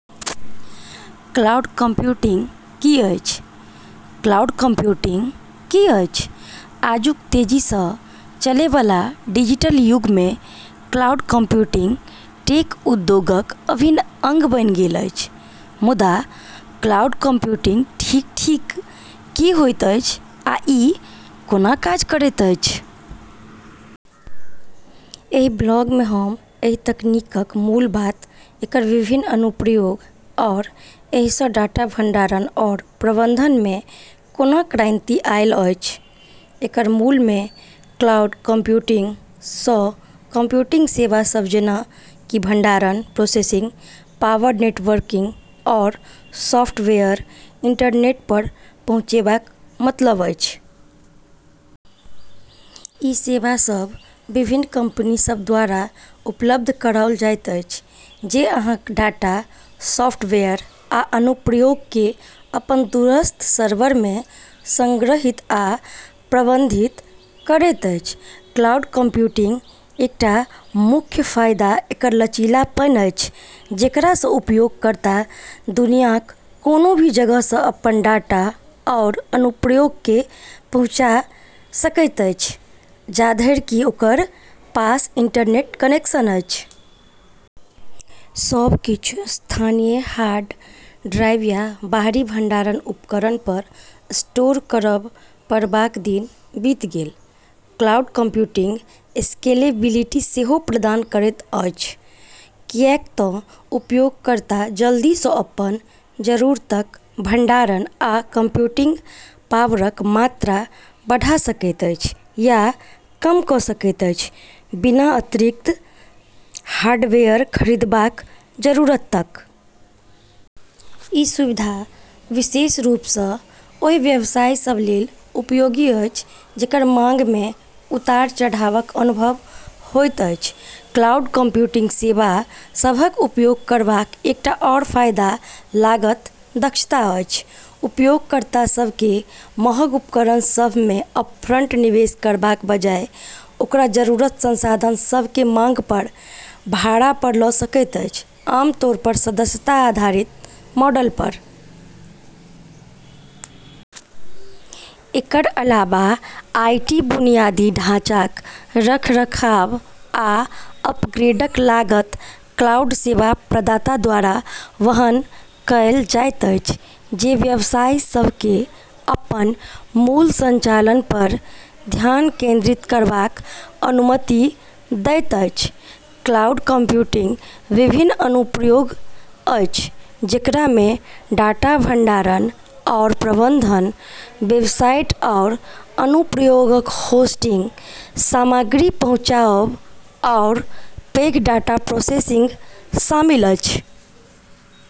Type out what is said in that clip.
Cloud computing की अछि? Cloud computing की अछि? आजुक तेजी सँ चलै बला डिजिटल युग मे क्लाउड कंप्यूटिंग टेक उद्योगक अभिन्न अंग बनि गेल अछि। मुदा क्लाउड कंप्यूटिंग ठीक-ठीक की होइत अछि, आ ई कोना काज करैत अछि? एहि ब्लॉग मे हम एहि तकनीकक मूल बात, एकर विभिन्न अनुप्रयोग, आओर एहि सँ डाटा भंडारण आओर प्रबंधन मे कोना क्रांति आयल अछि। एकर मूल मे क्लाउड कंप्यूटिंग सँ कंप्यूटिंग सेवा सभ-जेना कि भंडारण, प्रोसेसिंग पावर, नेटवर्किंग आओर सॉफ्टवेयर-इंटरनेट पर पहुँचेबाक मतलब अछि। ई सेवा सभ विभिन्न कंपनी सभ द्वारा उपलब्ध कराओल जाइत अछि, जे अहाँक डाटा, सॉफ्टवेयर आ अनुप्रयोग केँ अपन दूरस्थ सर्वर मे संग्रहीत आ प्रबंधित करैत अछि। क्लाउड कंप्यूटिंगक एकटा मुख्य फायदा एकर लचीलापन अछि, जेकरा सँ उपयोगकर्ता दुनियाक कोनो भी जगह सँ अपन डाटा आओर अनुप्रयोग केँ पहुँची सकैत अछि, जाधरि कि ओकरा पास इंटरनेट कनेक्शन अछि। सब किछु स्थानीय हार्ड ड्राइव या बाहरी भंडारण उपकरण पर स्टोर करब पड़बाक दिन बीति गेल। क्लाउड कंप्यूटिंग स्केलेबिलिटी सेहो प्रदान करैत अछि, कियाक तँ उपयोगकर्ता जल्दी सँ अपन जरूरतक भंडारण आ कंप्यूटिंग पावरक मात्रा बढ़ा सकैत अछि या कम कइ सकैत अछि, बिना अतिरिक्त हार्डवेयर खरीदबाक जरूरतक। ई सुविधा विशेष रूप सँ ओहि व्यवसाय सभ लेल उपयोगी अछि, जेकर मांग मे उतार-चढ़ावक अनुभव होइत अछि। क्लाउड कंप्यूटिंग सेवा सभक उपयोग करबाक एकटा आओर फायदा लागत दक्षता अछि। उपयोगकर्ता सभ केँ महग उपकरण सभ मे अपफ्रंट निवेश करबाक बजाय, ओकरा जरूरतक संसाधन सभ केँ मांग पर भाड़ा पर लऽ सकैत अछि, आमतौर पर सदस्यता आधारित मॉडल पर। एकर अलावा आईटी बुनियादी ढाँचाक रखरखाव आ अपग्रेडक लागत क्लाउड सेवा प्रदाता द्वारा वहन कएल जाइत अछि, जे व्यवसाय सभ केँ अपन मूल संचालन पर ध्यान केंद्रित करबाक अनुमति दैत अछि। क्लाउड कंप्यूटिंगक विभिन्न अनुप्रयोग अछि, जेकरा मे डाटा भंडारण आओर प्रबंधन, वेबसाइट आओर अनुप्रयोगक होस्टिंग, सामग्री पहुँचाओब, आओर पैघ डाटा प्रोसेसिंग शामिल अछि।